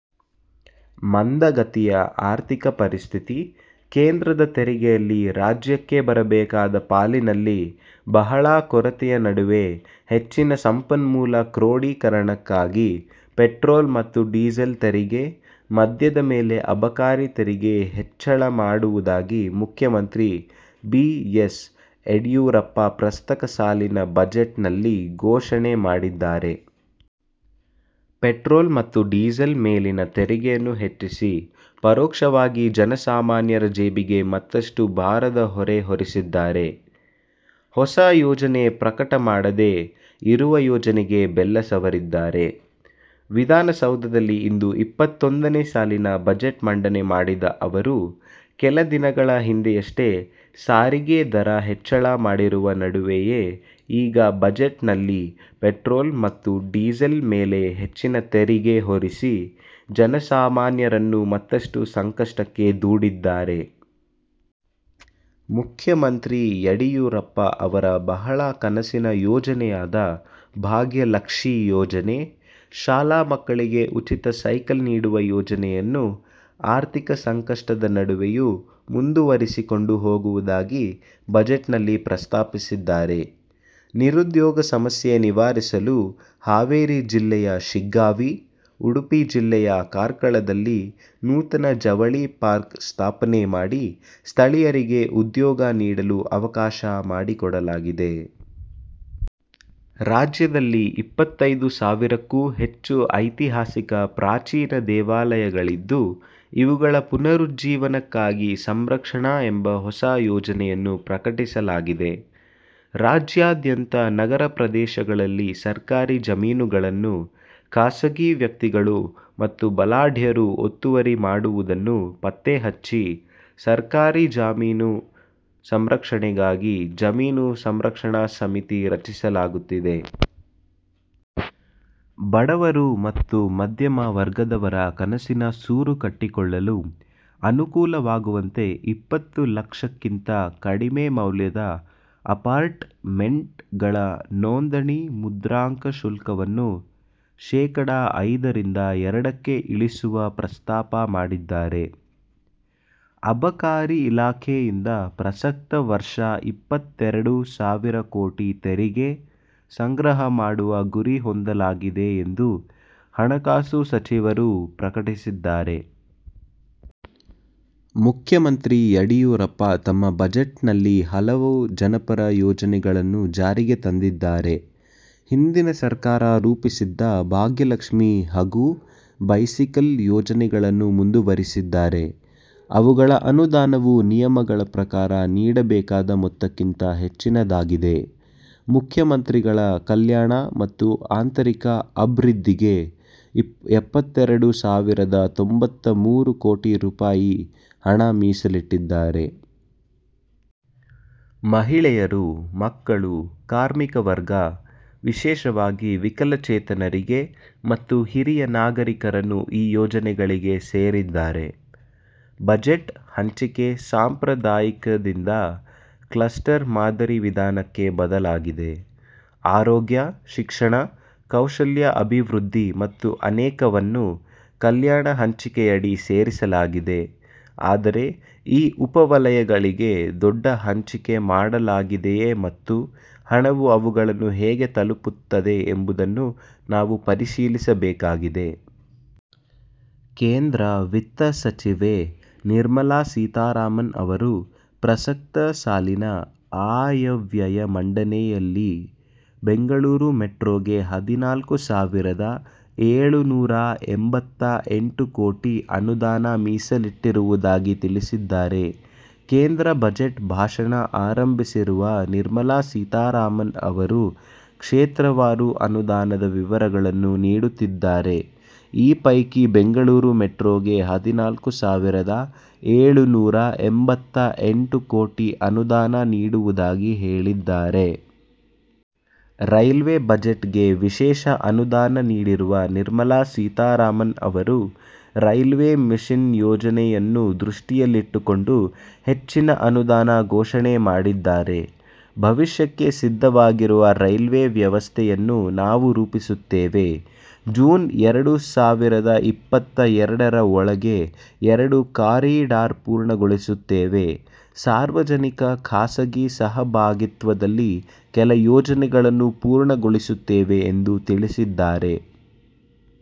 ಮಂದಗತಿಯ ಆರ್ಥಿಕ ಪರಿಸ್ಥಿತಿ, ಕೇಂದ್ರದ ತೆರಿಗೆಯಲ್ಲಿ ರಾಜ್ಯಕ್ಕೆ ಬರಬೇಕಾದ ಪಾಲಿನಲ್ಲಿ ಬಹಳ ಕೊರತೆಯ ನಡುವೆ ಹೆಚ್ಚಿನ ಸಂಪನ್ಮೂಲ ಕ್ರೋಢೀಕರಣಕ್ಕಾಗಿ ಪೆಟ್ರೋಲ್ ಮತ್ತು ಡೀಸೆಲ್ ತೆರಿಗೆ, ಮದ್ಯದ ಮೇಲೆ ಅಬಕಾರಿ ತೆರಿಗೆ ಹೆಚ್ಚಳ ಮಾಡುವುದಾಗಿ ಮುಖ್ಯಮಂತ್ರಿ ಬಿ. ಎಸ್ ಯಡಿಯೂರಪ್ಪ ಪ್ರಸಕ್ತ ಸಾಲಿನ ಬಜೆಟ್ ನಲ್ಲಿ ಘೋಷಣೆ ಮಾಡಿದ್ದಾರೆ. ಪೆಟ್ರೋಲ್ ಮತ್ತು ಡೀಸೆಲ್ ಮೇಲಿನ ತೆರಿಗೆಯನ್ನು ಹೆಚ್ಚಿಸಿ ಪರೋಕ್ಷವಾಗಿ ಜನ ಸಾಮಾನ್ಯರ ಜೇಬಿಗೆ ಮತ್ತಷ್ಟು ಭಾರದ ಹೊರೆ ಹೊರಿಸಿದ್ದಾರೆ. ಹೊಸ ಯೋಜನೆ ಪ್ರಕಟ ಮಾಡದೇ, ಇರುವ ಯೋಜನೆಗೆ ಬೆಲ್ಲ ಸವರಿದ್ದಾರೆ. ವಿಧಾನಸೌಧದಲ್ಲಿ ಇಂದು ಇಪ್ಪತ್ತೊಂದನೇ ಸಾಲಿನ ಬಜೆಟ್ ಮಂಡನೆ ಮಾಡಿದ ಅವರು, ಕೆಲ ದಿನಗಳ ಹಿಂದೆಯಷ್ಟೇ ಸಾರಿಗೆ ದರ ಹೆಚ್ಚಳ ಮಾಡಿರುವ ನಡುವೆಯೇ ಈಗ ಬಜೆಟ್ ನಲ್ಲಿ ಪೆಟ್ರೋಲ್ ಮತ್ತು ಡೀಸೆಲ್ ಮೇಲೆ ಹೆಚ್ಚಿನ ತೆರಿಗೆ ಹೊರಿಸಿ ಜನಸಾಮಾನ್ಯರನ್ನು ಮತ್ತಷ್ಟು ಸಂಕಷ್ಟಕ್ಕೆ ದೂಡಿದ್ದಾರೆ. ಮುಖ್ಯಮಂತ್ರಿ ಯಡಿಯೂರಪ್ಪ ಅವರ ಬಹಳ ಕನಸಿನ ಯೋಜನೆಯಾದ ಭಾಗ್ಯಲಕ್ಷಿ ಯೋಜನೆ, ಶಾಲಾ ಮಕ್ಕಳಿಗೆ ಉಚಿತ ಸೈಕಲ್ ನೀಡುವ ಯೋಜನೆಯನ್ನು ಆರ್ಥಿಕ ಸಂಕಷ್ಟದ ನಡುವೆಯೂ ಮುಂದುವರಿಸಿಕೊಂಡು ಹೋಗುವುದಾಗಿ ಬಜೆಟ್ ನಲ್ಲಿ ಪ್ರಸ್ತಾಪಿಸಿದ್ದಾರೆ. ನಿರುದ್ಯೋಗ ಸಮಸ್ಯೆ ನಿವಾರಿಸಲು ಹಾವೇರಿ ಜಿಲ್ಲೆಯ ಶಿಗ್ಗಾವಿ, ಉಡುಪಿ ಜಿಲ್ಲೆಯ ಕಾರ್ಕಳದಲ್ಲಿ ನೂತನ ಜವಳಿ ಪಾರ್ಕ್ ಸ್ಥಾಪನೆ ಮಾಡಿ, ಸ್ಥಳೀಯರಿಗೆ ಉದ್ಯೋಗ ನೀಡಲು ಅವಕಾಶ ಮಾಡಿಕೊಡಲಾಗಿದೆ. ರಾಜ್ಯದಲ್ಲಿ ಇಪ್ಪತೈದು ಸಾವಿರಕ್ಕೂ ಹೆಚ್ಚು ಐತಿಹಾಸಿಕ ಪ್ರಾಚೀನ ದೇವಾಲಯಗಳಿದ್ದು, ಇವುಗಳ ಪುನರುಜ್ಜೀವನಕ್ಕಾಗಿ ಸಂರಕ್ಷಣಾ ಎಂಬ ಹೊಸ ಯೋಜನೆಯನ್ನು ಪ್ರಕಟಿಸಲಾಗಿದೆ. ರಾಜ್ಯಾದ್ಯಂತ ನಗರಪ್ರದೇಶಗಳಲ್ಲಿ ಸರ್ಕಾರಿ ಜಮೀನುಗಳನ್ನು ಖಾಸಗೀ ವ್ಯಕ್ತಿಗಳು ಮತ್ತು ಬಲಾಢ್ಯರು ಒತ್ತುವರಿ ಮಾಡುವುದನ್ನು ಪತ್ತೆ ಹಚ್ಚಿ, ಸರ್ಕಾರಿ ಜಮೀನು ಸಂರಕ್ಷಣೆಗಾಗಿ ಜಮೀನು ಸಂರಕ್ಷಣಾ ಸಮಿತಿ ರಚಿಸಲಾಗುತ್ತಿದೆ. ಬಡವರು ಮತ್ತು ಮಧ್ಯಮ ವರ್ಗದವರ ಕನಸಿನ ಸೂರು ಕಟ್ಟಿಕೊಳ್ಳಲು ಅನುಕೂಲವಾಗುವಂತೆ ಇಪ್ಪತ್ತು ಲಕ್ಷಕ್ಕಿಂತ ಕಡಿಮೆ ಮೌಲ್ಯದ ಅಪಾರ್ಟ್ ಮೆಂಟ್ ಗಳ ನೋಂದಣಿ ಮುದ್ರಾಂಕ ಶುಲ್ಕವನ್ನು ಶೇಕಡಾ ಐದರಿಂದ ಎರಡಕ್ಕೆ ಇಳಿಸುವ ಪ್ರಸ್ತಾಪ ಮಾಡಿದ್ದಾರೆ. ಅಬಕಾರಿ ಇಲಾಖೆಯಿಂದ ಪ್ರಸಕ್ತ ವರ್ಷ ಇಪ್ಪತ್ತೆರಡು ಸಾವಿರ ಕೋಟಿ ತೆರಿಗೆ ಸಂಗ್ರಹ ಮಾಡುವ ಗುರಿ ಹೊಂದಲಾಗಿದೆ ಎಂದು ಹಣಕಾಸು ಸಚಿವರು ಪ್ರಕಟಿಸಿದ್ದಾರೆ. ಮುಖ್ಯಮಂತ್ರಿ ಯಡಿಯೂರಪ್ಪ ತಮ್ಮ ಬಜೆಟ್ ನಲ್ಲಿ ಹಲವು ಜನಪರ ಯೋಜನೆಗಳನ್ನು ಜಾರಿಗೆ ತಂದಿದ್ದಾರೆ. ಹಿಂದಿನ ಸರ್ಕಾರ ರೂಪಿಸಿದ್ದ ಭಾಗ್ಯಲಕ್ಷ್ಮಿ ಹಗೂ ಬೈಸಿಕಲ್ ಯೋಜನೆಗಳನ್ನು ಮುಂದುವರಿಸಿದ್ದಾರೆ. ಅವುಗಳ ಅನುದಾನವು ನಿಯಮಗಳ ಪ್ರಕಾರ ನೀಡಬೇಕಾದ ಮೊತ್ತಕ್ಕಿಂತ ಹೆಚ್ಚಿನದಾಗಿದೆ. ಮುಖ್ಯಮಂತ್ರಿಗಳ, ಕಲ್ಯಾಣ ಮತ್ತು ಆಂತರಿಕ ಅಭಿೃದ್ಧಿಗೆ ಎಪ್ಪತ್ತೆರಡು ಸಾವಿರದ ತೊಂಬತ್ತ ಮೂರು ಕೋಟಿ ರುಪಾಯಿ ಹಣ ಮೀಸಲಿಟ್ಟಿದ್ದಾರೆ. ಮಹಿಳೆಯರು, ಮಕ್ಕಳು, ಕಾರ್ಮಿಕ ವರ್ಗ, ವಿಶೇಷವಾಗಿ ವಿಕಲಚೇತನರಿಗೆ ಮತ್ತು ಹಿರಿಯ ನಾಗರಿಕರನ್ನು ಈ ಯೋಜನೆಗಳಿಗೆ ಸೇರಿದ್ದಾರೆ. ಬಜೆಟ್ ಹಂಚಿಕೆ ಸಾಂಪ್ರದಾಯಿಕದಿಂದ ಕ್ಲಸ್ಟರ್ ಮಾದರಿ ವಿಧಾನಕ್ಕೆ ಬದಲಾಗಿದೆ. ಆರೋಗ್ಯ, ಶಿಕ್ಷಣ, ಕೌಶಲ್ಯ ಅಭಿವೃದ್ಧಿ ಮತ್ತು ಅನೇಕವನ್ನು ಕಲ್ಯಾಣ ಹಂಚಿಕೆಯಡಿ ಸೇರಿಸಲಾಗಿದೆ. ಆದರೆ ಈ ಉಪ ವಲಯಗಳಿಗೆ ದೊಡ್ಡ ಹಂಚಿಕೆ ಮಾಡಲಾಗಿದೆಯೇ ಮತ್ತು ಹಣವು ಅವುಗಳನ್ನು ಹೇಗೆ ತಲುಪುತ್ತದೆ ಎಂಬುದನ್ನು ನಾವು ಪರಿಶೀಲಿಸಬೇಕಾಗಿದೆ. ಕೇಂದ್ರ ವಿತ್ತ ಸಚಿವೆ ನಿರ್ಮಲಾ ಸೀತಾರಾಮನ್ ಅವರು ಪ್ರಸಕ್ತ ಸಾಲಿನ ಆಯವ್ಯಯ ಮಂಡನೆಯಲ್ಲಿ ಬೆಂಗಳೂರು ಮೆಟ್ರೋಗೆ ಹದಿನಾಲ್ಕು ಸಾವಿರದ ಏಳುನೂರಾ ಎಂಬತ್ತ ಎಂಟು ಕೋಟಿ ಅನುದಾನ ಮೀಸಲಿಟ್ಟಿರುವುದಾಗಿ ತಿಳಿಸಿದ್ದಾರೆ. ಕೇಂದ್ರ ಬಜೆಟ್ ಭಾಷಣ ಆರಂಭಿಸಿರುವ ನಿರ್ಮಲಾ ಸೀತಾರಾಮನ್ ಅವರು ಕ್ಷೇತ್ರವಾರು ಅನುದಾನದ ವಿವರಗಳನ್ನು ನೀಡುತ್ತಿದ್ದಾರೆ. ಈ ಪೈಕಿ ಬೆಂಗಳೂರು ಮೆಟ್ರೋಗೆ ಹದಿನಾಲ್ಕು ಸಾವಿರದ ಏಳುನೂರಾ ಎಂಬತ್ತ ಎಂಟು ಕೋಟಿ ಅನುದಾನ ನೀಡುವುದಾಗಿ ಹೇಳಿದ್ದಾರೆ. ರೈಲ್ವೇ ಬಜೆಟ್'ಗೆ ವಿಶೇಷ ಅನುದಾನ ನೀಡಿರುವ ನಿರ್ಮಲಾ ಸೀತಾರಾಮನ್ ಅವರು ರೈಲ್ವೇ ಮಿಷನ್ ಯೋಜನೆಯನ್ನು ದೃಷ್ಟಿಯಲ್ಲಿಟ್ಟುಕೊಂಡು ಹೆಚ್ಚಿನ ಅನುದಾನ ಘೋಷಣೆ ಮಾಡಿದ್ದಾರೆ. ಭವಿಷ್ಯಕ್ಕೆ ಸಿದ್ಧವಾಗಿರುವ ರೈಲ್ವೆ ವ್ಯವಸ್ಥೆಯನ್ನು ನಾವು ರೂಪಿಸುತ್ತೇವೆ, ಜೂನ್ ಎರಡು ಸಾವಿರದ ಇಪ್ಪತ್ತ ಎರಡರ ಒಳಗೆ ಎರಡು ಕಾರಿಡಾರ್ ಪೂರ್ಣಗೊಳಿಸುತ್ತೇವೆ, ಸಾರ್ವಜನಿಕ ಖಾಸಗಿ ಸಹಭಾಗಿತ್ವದಲ್ಲಿ ಕೆಲ ಯೋಜನೆಗಳನ್ನು ಪೂರ್ಣಗೊಳಿಸುತ್ತೇವೆ ಎಂದು ತಿಳಿಸಿದ್ದಾರೆ.